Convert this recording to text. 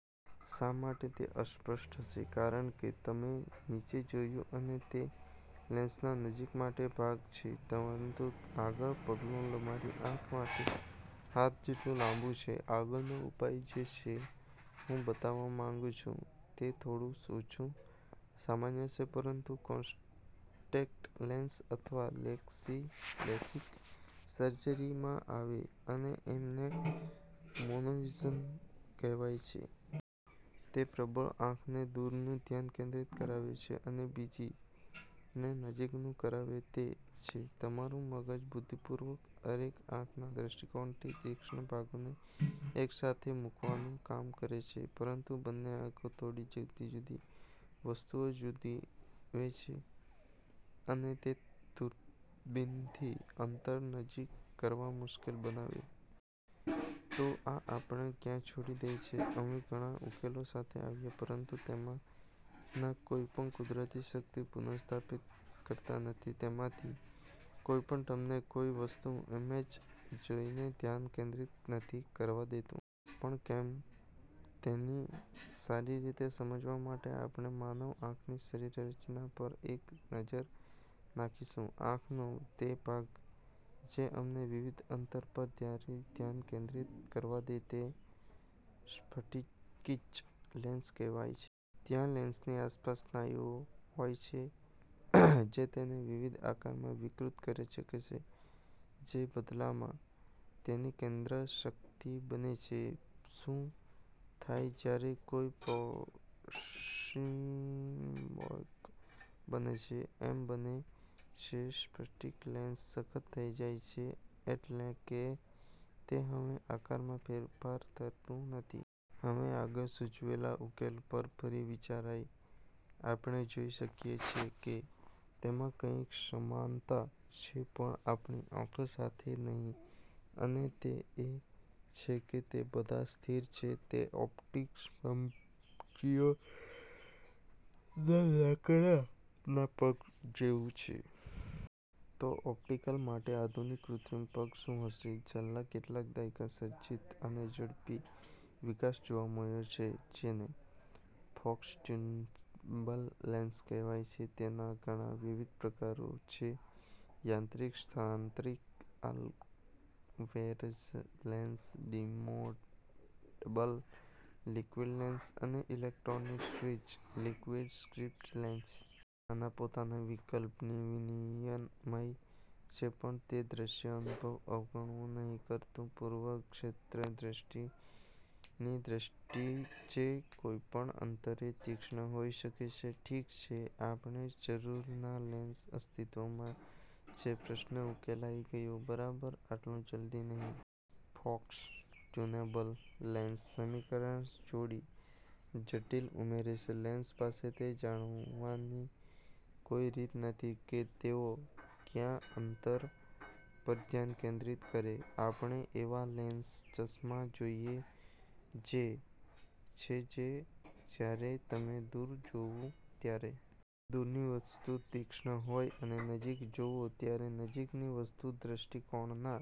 શા માટે તે અસ્પષ્ટ હશે? કારણ કે, તમે નીચે જોયું અને તે લેન્સનો નજીક માટેનો ભાગ છે પરંતુ આગળનું પગલું તમારી આંખ માટે હાથ જેટલું લાબું છે. આગળનો ઉપાય જે હું બતાવવા માંગું છું તે થોડું ઓછું સામાન્ય છે પરંતુ કોન્ટેક્ટ લેન્સ અથવા લેક્સી લેજીક સર્જરીમાં આવે, અને એમને મોનોવિઝિન કહેવાય છે. તે પ્રબળ આંખ ને દૂર નું ધ્યાન કેન્દ્રિત કરાવે છે અને બીજી ને નજીક નું તે કરાવે છે. તમારું મગજ બુદ્ધિપૂર્વક દરેક આંખના દૃષ્ટિકોણથી તીક્ષ્ણ ભાગો ને એક સાથે મૂકવાનું કામ કરે છે, પરંતુ બંને આંખો થોડી જુદી જુદી વસ્તુઓ જુએ છે, અને તે દૂરબીનથી અંતર નજીક કરવા મુશ્કેલ બનાવે છે. તો આ આપણે ક્યાં છોડી દે છે? અમે ઘણા ઉકેલો સાથે આવ્યા પરંતુ તેમાંના કોઈપણ કુદરતી શક્તિ પુનસ્થાપિત કરતા નથી. તેમાંથી કોઈ પણ તમને કોઈ વસ્તુ એમજ જોઈ ને ધ્યાન કેન્દ્રિત નથી કરવા દેતું. પણ કેમ? તેને સારી રીતે સમજવા માટે આપણે માનવ આંખની શરીરરચના પર એક નજર નાખીશું. આંખનો તે ભાગ જે અમને વિવિધ અંતર પર ત્યારે ધ્યાન કેન્દ્રિત કરવા દે તેને સ્ફટિકીય લેન્સ કહેવાય છે. ત્યાં લેન્સની આસપાસના સ્નાયુઓ હોય છે જે તેને વિવિધ આકારમાં વિકૃત કરે છે કસે, જે બદલામાં તેની કેન્દ્રિત શક્તિને બને છે. શું થાય જ્યારે કોઈ પ્રેસુવગ બને છે? એમ બને છે કે સ્ફટિક લેન્સ સખત થઇ જાય છે એટલે કે તે હવે આકારમાં ફેરફાર તરતું નથી. હવે, આગળ સૂચવેલા ઉકેલો પર ફરી વિચારયે આપણે જોઈ શકીએ છે કે તેમાં કંઈક સમાનતા છે પણ આપણી આંખો સાથે નહિ, અને તે એ છે કે તે બધા સ્થિર છે. તે ઓપ્ટિકસ કમ કીયો ના લાકડા ના પગ જેવું છે. તો ઓપ્ટિકલ માટે આધુનિક કૃત્રિમ પગ શું હશે? છેલ્લા કેટલાક દાયકાઓમાં સર્જિત અને ઝડપી વિકાસ જોવા મળ્યો છે જેને "ફોકસ-ટ્યુનેબલ લેન્સ" કહેવાય છે. તેના ઘણાં વિવિધ પ્રકારો છે. યાંત્રિકી સ્થળાંતરિત Alvarez lens, deformable liquid lens અને electronically switch, liquid crystal lens. હવે આના પોતાના વિકલ્પ-વિનિમય છે, પણ તે દ્રશ્ય। અનુભવ અવગણુ નહિ કરતુ. પૂર્ણ-ક્ષેત્ર-દૃષ્ટિની દૃષ્ટિ જે કોઈપણ અંતરે તીક્ષ્ણ હોઈ શકે છે. ઠીક છે. આપણે જરૂરના લેન્સ અસ્તિત્વમાં છે. પ્રશ્ન ઉકેલાઈ ગયો, બરાબર? આટલું જલ્દી નહિ. ફોકસ-ટ્યુનેબલ લેન્સ સમીકરણમાં થોડી જટિલતા ઉમરે છે. લેન્સ પાસે તે જાણવાની કોઈ રીત નથી કે તેઓ કયા અંતર પર ધ્યાન કેન્દ્રિત કરે. આપણે એવા લેન્સ ચશ્માં જોઈએ છે જે જયારે તમે દૂર જોવું, ત્યારે દૂર ની વસ્તુ તીક્ષ્ણ હોય અને નજીક જોવો, ત્યારે નજીક ની વસ્તુ દૃષ્ટિકોણના